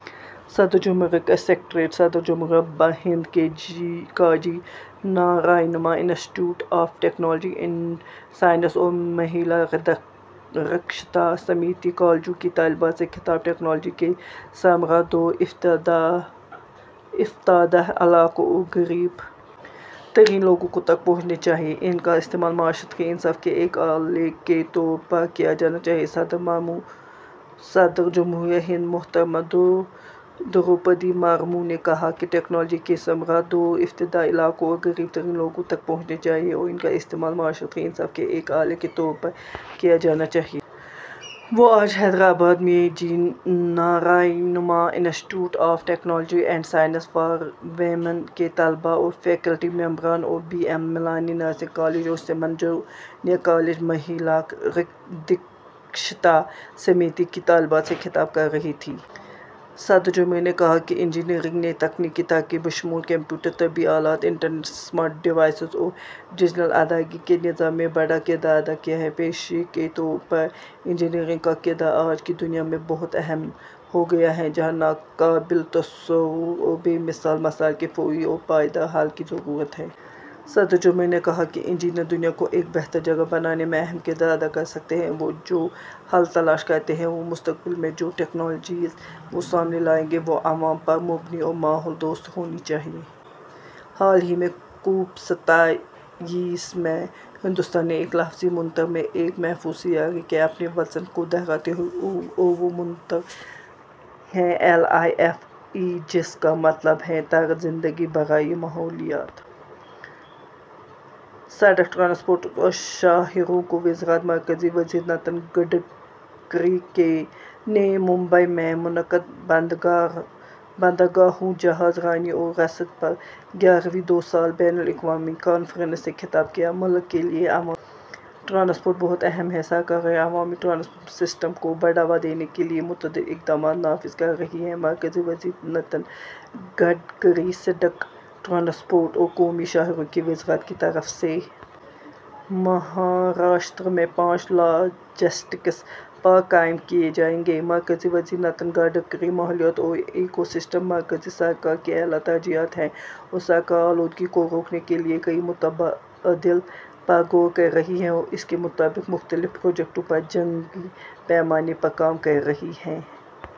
صدر جمہوریہ کا سکریٹریٹ صدر جمہوریہ ہند کا G Narayanamma institute of technology and science اور مہیلا دکشتا سمیتی کالجوں کی طالبات سے خطاب ٹیکنالوجی کے ثمرات دور افتادہ علاقوں اور غریب ترین لوگوں تک پہنچنے چاہئیں؛ ان کا استعمال معاشرتی انصاف کے ایک آلے کے طور پر کیا جانا چاہیے: صدر مرمو صدر جمہوریہ ہند محترمہ دروپدی مرمو نے کہا ہے کہ ٹیکنالوجی کے ثمرات دور افتادہ علاقوں اور غریب ترین لوگوں تک پہنچنے چاہئیں اور ان کا استعمال معاشرتی انصاف کے ایک آلے کے طور پر کیا جانا چاہیے۔ وہ آج حیدرآباد میں G Narayanamma institute of technology and science for women کے طلباء اور فیکلٹی ممبران اور B M Malani nursing college اور سمن جونیئر کالج مہیلا دکشتا سمیتی کی طالبات سے خطاب کر رہی تھیں۔ صدر جمہوریہ نے کہا کہ انجینئرنگ نے تکنیکی ترقی، بشمول کمپیوٹر، طبی آلات، انٹرنیٹ، اسمارٹ ڈیوائسز اور ڈیجیٹل ادائیگی کے نظام، میں بڑا کردار ادا کیا ہے۔ پیشے کے طور پر انجینئرنگ کا کردار آج کی دنیا میں بہت اہم ہو گیا ہے، جہاں ناقابل تصور اور بے مثال مسائل کے فوری اور پائیدار حل کی ضرورت ہے۔ صدر جمہوریہ نے کہا کہ انجینئر دنیا کو ایک بہتر جگہ بنانے میں اہم کردار ادا کر سکتے ہیں۔ وہ جو حل تلاش کرتے ہیں اور مستقبل میں جو ٹیکنالوجیز وہ سامنے لائیں گے، وہ عوام پر مبنی اور ماحول دوست ہونی چاہئیں۔ حال ہی میں کوپ ستائیس میں ہندوستان نے ایک لفظی منتر میں ایک محفوظ سیارے کے اپنے وژن کو دہرایا اور وہ منتر ہے ایل آئی ایف ای، جس کا مطلب ہے طرز زندگی برائے ماحولیات۔ سڑک ٹرانسپورٹ اور شاہراہوں کی وزارت مرکزی وزیر نتن گڈکری نے ممبئی میں منعقد بندرگاہوں، جہاز رانی اور رسد پر گیارہویں دو سالہ بین الاقوامی کانفرنس سے خطاب کیا۔ ملک کے لیے عوامی ٹرانسپورٹ بہت اہم ہے؛ سرکار عوامی ٹرانسپورٹ سسٹم کو بڑھاوا دینے کے لیے متعدد اقدامات نافذ کر رہی ہے: مرکزی وزیر نتن گڈکری سڑک ٹرانسپورٹ اور قومی شاہراہوں کی وزارت کی طرف سے مہاراشٹر میں پانچ لاجسٹکس پارک قائم کیے جائیں گے: مرکزی وزیر نتن گڈکری "ماحولیات اور ایکو سسٹم مرکزی سرکار کی اعلیٰ ترجیحات ہیں اور سرکار آلودگی کو روکنے کے لیے کئی متبادل پر غور کر رہی ہے اور اس کے مطابق مختلف پروجیکٹوں پر جنگی پیمانے پر کام کر رہی ہے۔"